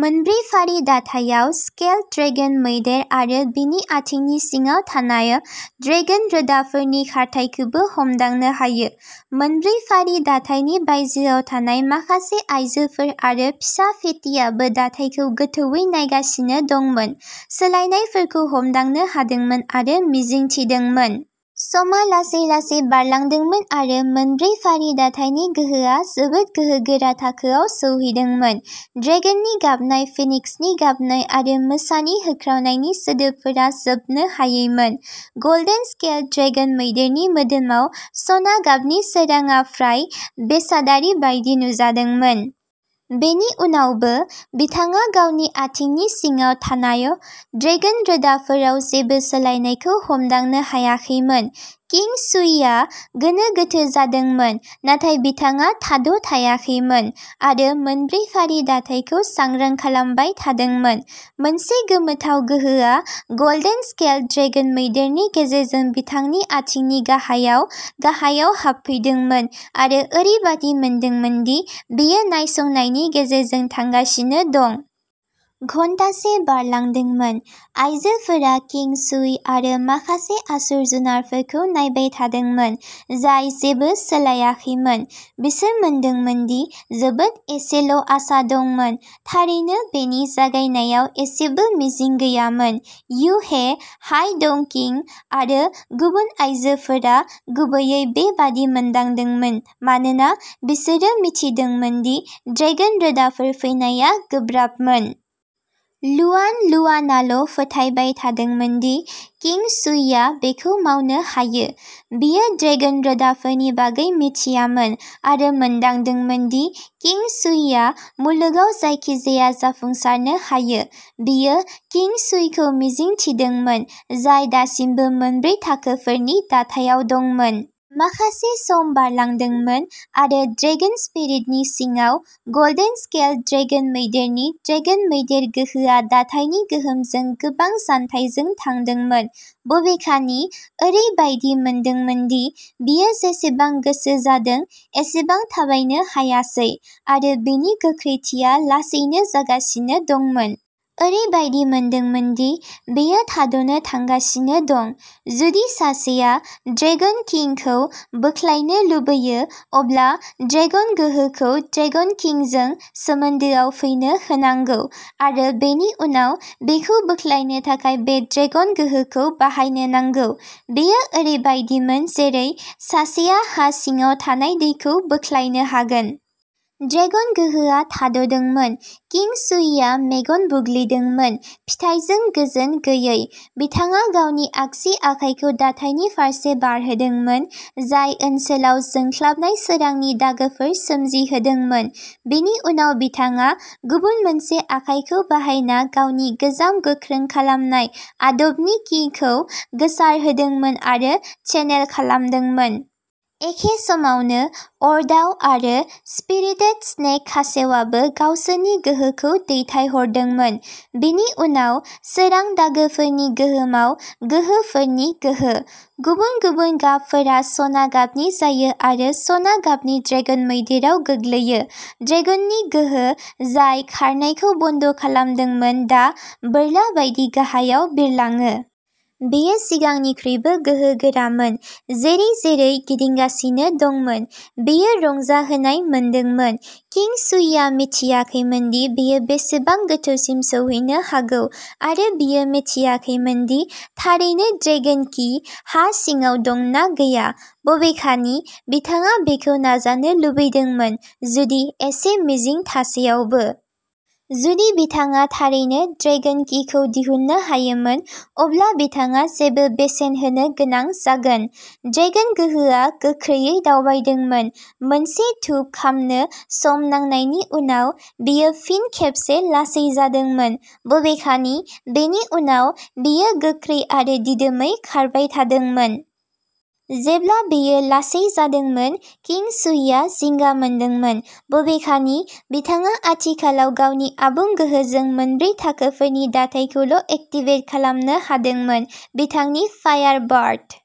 मोनब्रै फारि दाथायाव scaled dragon मैदेर आरो बिनि आथिंनि सिङाव थानाय'ड्रेगेन रोदाफोरनि खारथाइखौबो हमदांनो हायो। मोनब्रै फारि दाथायनि बायजोआव थानाय माखासे आइजोफोर आरो फिसा फेटिआबो दाथायखौ गोथौवै नायगासिनो दंमोन, सोलायनायफोरखौ हमदांनो हादोंमोन आरो मिजिं थिदोंमोन। समआ लासै लासै बारलांदोंमोन आरो मोनब्रै फारि दाथायनि गोहोआ जोबोद गोहोगोरा थाखोआव सौहैदोंमोन। ड्रेगेननि गाबनाय फिनिक्सनि गाबनाय आरो मोसानि होख्रावनायनि सोदोबफोरा जोबनो हायैमोन। गल्डेन स्केल्ड ड्रेगेन मैदेरनि मोदोमाव सना गाबनि सोरांआ फ्राय बेसादारि बायदि नुजादोंमोन। बेनि उनावबो, बिथाङा गावनि आथिंनि सिङाव थानाय'ड्रेगेन रोदा'फोराव जेबो सोलायनायखौ हमदांनो हायाखैमोन। किं शुईआ गोनो गोथो जादोंमोन नाथाय बिथाङा थाद'थायाखैमोन आरो मोनब्रै फारि दाथायखौ सांग्रां खालामबाय थादोंमोन। मोनसे गोमोथाव गोहोआ गल्डेन स्केल्ड ड्रेगेन मैदेरनि गेजेरजों बिथांनि आथिंनि गाहायाव गाहायाव हाबफैदोंमोन आरो ओरैबायदि मोनदोंमोन दि बेयो नायसंनायनि गेजेरजों थांगासिनो दं। घन्टासे बारलांदोंमोन। आइजोफोरा किं शुइ आरो माखासे आसुर जुनारफोरखौ नायबाय थादोंमोन, जाय जेबो सोलायाखैमोन। बिसोर मोनदोंमोन दि जोबोद एसेल'आसा दंमोन। थारैनो, बेनि जागायनायाव एसेबो मिजिं गैयामोन। यु हे, हाय डंकिंग, आरो गुबुन आइजोफोरा गुबैयै बेबादि मोनदांदोंमोन मानोना बिसोरो मिथिदोंमोन दि ड्रेगेन रोदाफोर फैनाया गोब्राबमोन। लुआन लुआनआल'फोथायबाय थादोंमोन दि किं शुइआ बेखौ मावनो हायो। बियो ड्रेगेन रोदाफोरनि बागै मिथियामोन आरो मोनदांदोंमोन दि किं शुइआ मुलुगाव जायखिजाया जाफुंसारनो हायो। बियो किं शुइखौ मिजिं थिदोंमोन, जाय दासिमबो मोनब्रै थाखोफोरनि दाथायाव दंमोन। माखासे सम बारलांदोंमोन आरो ड्रेगन स्पिरिटनि सिङाव, गोल्डेन स्केल्ड ड्रेगन मैदेरनि ड्रेगन मैदेर गोहोआ दाथायनि गोहोमजों गोबां जान्थायजों थांदोंमोन। बबेखानि, ओरैबायदि मोनदोंमोन दि बियो जेसेबां गोसो जादों एसेबां थाबायनो हायासै आरो बिनि गोख्रैथिया लासैनो जागासिनो दंमोन। ओरैबायदि मोनदोंमोन दि बेयो थाद'नो थांगासिनो दं। जुदि सासेया'ड्रेगन किं खौ बोख्लायनो लुबैयो, अब्ला ड्रेगेन गोहोखौ ड्रेगेन किं जों सोमोन्दोआव फैनो होनांगौ आरो बेनि उनाव बेखौ बोख्लायनो थाखाय बे ड्रेगन गोहोखौ बाहायनो नांगौ। बेयो ओरैबायदिमोन जेरै सासेया हा सिङाव थानाय दैखौ बोख्लायनो हागोन। ड्रेगन गोहोआ थाद'दोंमोन। किं शुईआ मेगन बुग्लिदोंमोन, फिथायजों गोजोन गैयै। बिथाङा गावनि आगसि आखायखौ दाथायनि फारसे बारहोदोंमोन, जाय ओनसोलाव जोंख्लाबनाय सोरांनि दागोफोर सोमजिहोदोंमोन। बिनि उनाव बिथाङा गुबुन मोनसे आखाइखौ बाहायना गावनि गोजाम गोख्रों खालामनाय आदबनि कि'खौ गोसारहोदोंमोन आरो चेनेल खालामदोंमोन। एखे समावनो, अर दाउ आरो स्पिरिटेड स्नेक खासेवाबो गावसोरनि गोहोखौ दैथायहरदोंमोन। बिनि उनाव, सोरां दागोफोरनि गोहोमाव, गोहोफोरनि गोहो। गुबुन-गुबुन गाबफोरा सना गाबनि जायो आरो सना गाबनि ड्रेगेन मैदेराव गोग्लैयो। ड्रेगेननि गोहो, जाय खारनायखौ बन्द खालामदोंमोन, दा बोरला बायदि गाहायाव बिरलाङो। बेयो सिगांनिख्रुइबो गोहोगोरामोन, जेरै-जेरै गिदिंगासिनो दंमोन। बेयो रंजाहोनाय मोनदोंमोन। किं शुईआ मिथियाखैमोनदि बेयो बेसेबां गोथौसिम सौहैनो हागौ आरो बियो मिथियाखैमोन दि थारैनो ड्रेगेन कि हा सिङाव दं ना गैया। बबेखानि, बिथाङा बेखौ नाजानो लुबैदोंमोन, जुदि एसे मिजिं थासेयावबो। जुदि बिथाङा थारैनो ड्रेगेन किखौ दिहुननो हायोमोन, अब्ला बिथाङा जेबो बेसेन होनो गोनां जागोन। ड्रेगेन गोहोआ गोख्रैयै दावबायदोंमोन। मोनसे धूप खामनो सम नांनायनि उनाव, बेयो फिन खेबसे लासै जादोंमोन। बबेखानि, बेनि उनाव, बेयो गोख्रै आरो दिदोमै खारबाय थादोंमोन। जेब्ला बेयो लासै जादोंमोन, किं शुईआ जिंगा मोनदोंमोन। बबेखानि, बिथाङा आथिखालाव गावनि आबुं गोहोजों मोनब्रै थाखोफोरनि दाथायखौल' एक्टिभेट खालामनो हादोंमोन। बिथांनि फायार बार्ड।